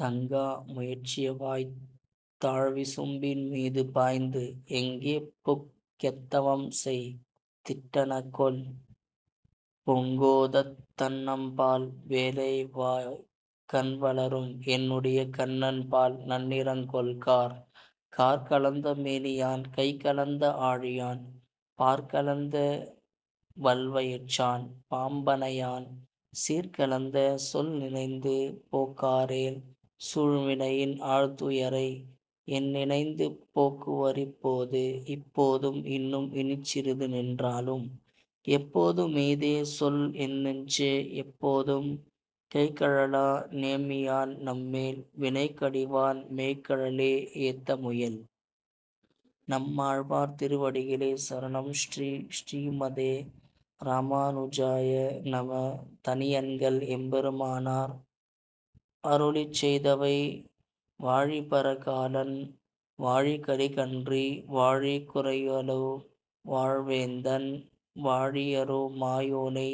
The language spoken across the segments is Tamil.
தங்கா முயற்றியவாய்த் தாழ்விசும்பின் மீதுபாய்ந்து, எங்கேபுக் கெத்தவம்செய் திட்டனகொல்,-பொங்கோதத் தண்ணம்பால் வேலைவாய்க் கண்வளரும், என்னுடைய கண்ணன்பால் நன்னிறங்கொள் கார்? கார்க்கலந்த மேனியான் கைகலந்த ஆழியான், பார்க்கலந்த வல்வயிற்றான் பாம்பணையான்,-சீர்கலந்த சொல்நினைந்து போக்காரேல் சூழ்வினையின் ஆழ்துயரை, என்நினைந்து போக்குவரிப் போது? இப்போதும் இன்னும் இனிச்சிறிது நின்றாலும் எப்போது மீதேசொல் என்னெஞ்சே--எப்போதும் கைகழலா நேமியான் நம்மேல் வினைகடிவான் மெய்கழலே ஏத்த முயல். நம்மாழ்வார் திருவடிகளே சரணம் ஸ்ரீ: ஸ்ரீமதே ராமானுஜாய நம: தனியன்கள் எம்பெருமானார் அருளிச்செய்தவை வாழிபரகாலன் வாழிகலிகன்றி, வாழி குறையலூர் வாழ்வேந்தன், வாழியரோ மாயோனை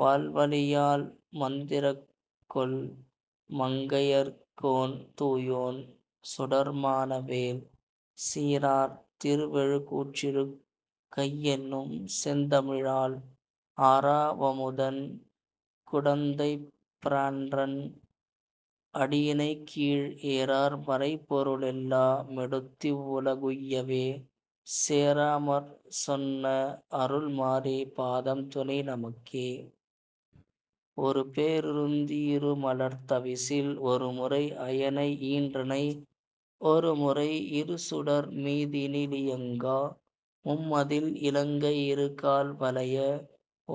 வாள்வலியால் மந்திரங்கொள் மங்கையர்கோன் தூயோன் சுடர்மான வேல். சீரார் திருவெழு கூற்றிருக் கையென்னும் செந்தமிழால், ஆரா வமுதன் குடந்தைப் பிரான்றன் அடியிணைக்கீழ், ஏரார் மறைப்பொரு ளெல்லா மெடுத்திவ் வுலகுய்யவே சேராமற் சொன்ன அருள்மாரி பாதம் துணைநமக்கே. ஒருபே ருந்தி யிருமலர்த் தவிசில், ஒருமுறை அயனை யீன்றனை, ஒருமுறை இருசுடர் மீதினி லியங்கா, மும்மதிள் இலங்கை யிருகால் வளைய,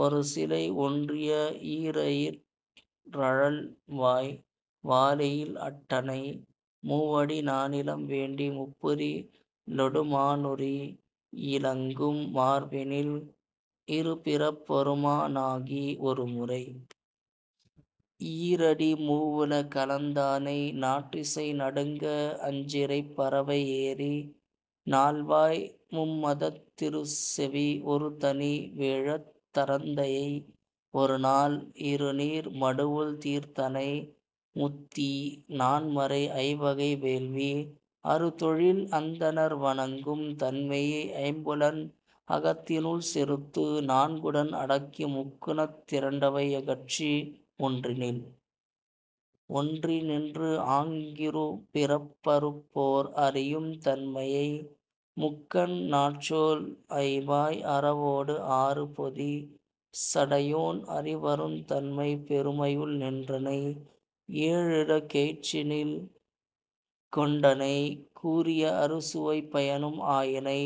ஒருசிலை ஒன்றிய ஈரெயிற் றழல்வாய் வாளியில் அட்டனை, மூவடி நானிலம் வேண்டி, முப்புரி _லொடு மானுரி யிலங்கும். மார்வினில், இருபிறப் பொருமா ணாகி, ஒருமுறை யீரடி, மூவுல களந்தானை, நாற்றிசை நடுங்க அஞ்சிறைப் பறவை ஏறி, நால்வாய் மும்மதத் திருசெவி ஒருதனி வேழத் தரந்தை, ஒருநாள் இருநீர் மடுவுள் தீர்த்தனை, முத்தீ நான்மறை ஐவகை வேள்வி, அறுதொழில் அந்தணர் வணங்கும் தன்மையை, ஐம்புலன் அகத்தினுள் செறுத்து, நான்குடன் அடக்கி முக்குணத் திரண்டவை யகற்றி, ஒன்றினில் ஒன்றி நின்று, ஆங் கிருபிறப் பறுப்போர் அறியும் தன்மையை, முக்கண் நாற்றோள் ஐவாய் அரவோடு ஆறுபொதி சடையோன் அறிவருந் தன்மைப் பெருமையுள் நின்றனை, ஏழுல கெயிற்றினில் கொண்டனை, கூறிய அறுசுவைப் பயனும் ஆயினை,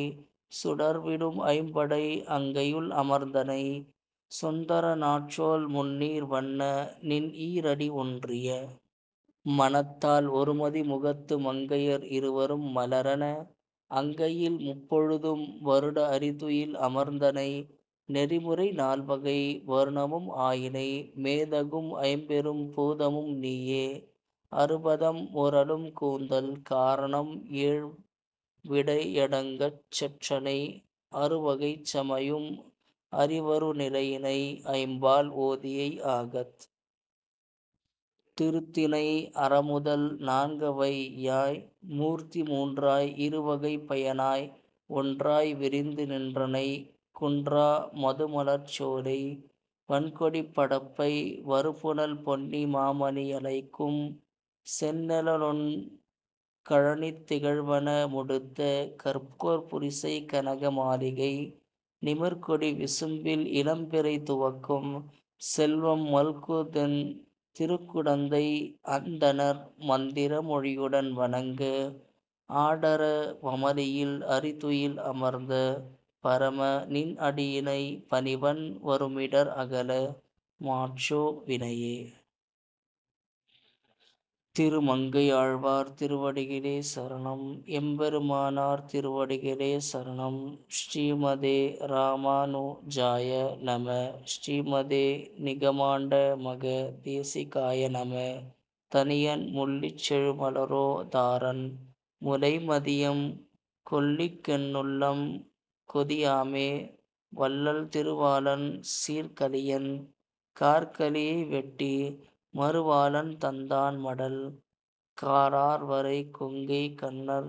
சுடர்விடும் ஐம்படை அங்கையுள் அமர்ந்தனை, சுந்தர நாற்றோள் முந்நீர் வண்ண, நின் ஈரடி ஒன்றிய மனத்தால், ஒருமதி முகத்து மங்கையர் இருவரும் மலரன, அங்கையில் முப்பொழுதும் வருட அறிதுயில் அமர்ந்தனை, நெறிமுறை நால்வகை வருணமும் ஆயினை, மேதகும் ஐம்பெரும் பூதமும் நீயே, அறுபதம் முரலும் கூந்தல் காரணம் ஏழ்விடை யடங்கச் செற்றனை, அறுவகைச் சமயமும் அறிவரு நிலையினை, ஐம்பால் ஓதியை ஆகத் திருத்தினை, அறமுதல் நான்க வையாய் மூர்த்தி மூன்றாய் இருவகைப் பயனாய் ஒன்றாய் விரிந்து நின்றனை, குன்றா மதுமலர்ச் சோலை வண்கொடிப் படப்பை, வருபுனல் பொன்னி மாமணி யலைக்கும், செந்நெலொண் கழனித் திகழ்வன முடுத்த, கற்போர் புரிசைக் கனக மாளிகை, நிமிர்கொடி விசும்பில் இளம்பிறை துவக்கும், செல்வம் மல்குதென் திருக்குடந்தை, அந்தணர் மந்திர மொழியுடன் வணங்க, ஆடர வமதையில் அறிதுயில் அமர்ந்த பரம, நின் அடியிணை பணிவன் வருமிடர் அகல மாற்றோ வினையே. திருமங்கையாழ்வார் திருவடிகளே சரணம் எம்பெருமானார் திருவடிகளே சரணம் ஸ்ரீமதே ராமனுஜாய நம: ஸ்ரீமதே நிகமாண்ட மக தேசிகாய நம: தனியன் முள்ளிச் செழுமலரொ தாரன் முளைமதியம் கொல்லிக்கென்னுள்ளம் கொதியாமெ -- வள்ளல் திருவாளன் சீர்க்கலியன் கார்க்கலியை வெட்டி மருவாளன் தந்தான் மடல் காரார்வரை கொங்கை கண்ணர்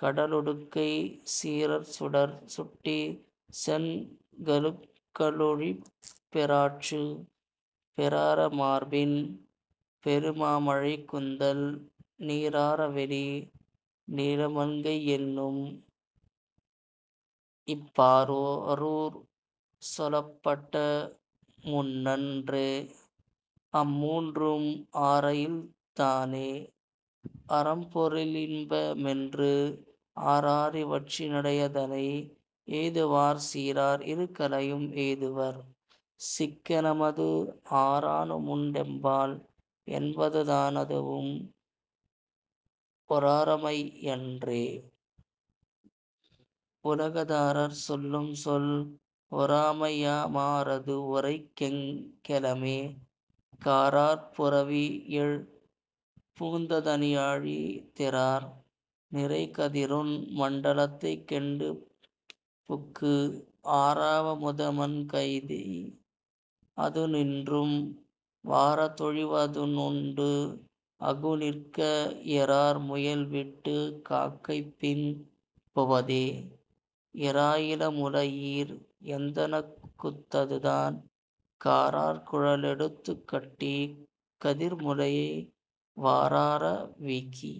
கடலுடுக்கை சீரர்சுடர் சுட்டி செண்களுழிப்பெராற்று பெராரமார்பின் பெருமாமழைக்குந்தல் நீராரவெலி நிலமண்கையென்னும் -- இப் பாரூர் சொலப்பட்டமூன்னன்றெ -- அம்மூன்றும் ஆரயில்தானெ அரம்பொருளின்பமென்று ஆராரிவற்றினிடையதனை எய்துவார் சீரார் இருகலயும் எய்துவர் -- சிக்கெனமது ஆரானுமுண்டெம்பால் என்பதுதானதுவும் ஒராமையன்றெ? உலகதார் சொல்லும்சொல் ஒராமையாமாரதுவுரைக்கெங்கௌமெ காரார்ப்புரவியெழ் பூந்ததனியாழி தெரார் நிரைகதிரொன் மண்டலதைக்கெண்டு புக்கு ஆராவமுதமண்கய்தி -- அதுனின்றும் வாரதொழிவதன்னுண்டு -- அகுனிர்க்க யெரார்முயல்விட்டு காக்கைப்பின் பொவதெ? எராயிளமுலயீர் எந்தனக்குத்ததுதான் காரார்க்குழலெடுதுக்கட்டி -- கதிர்முலயை வாராரவீக்கி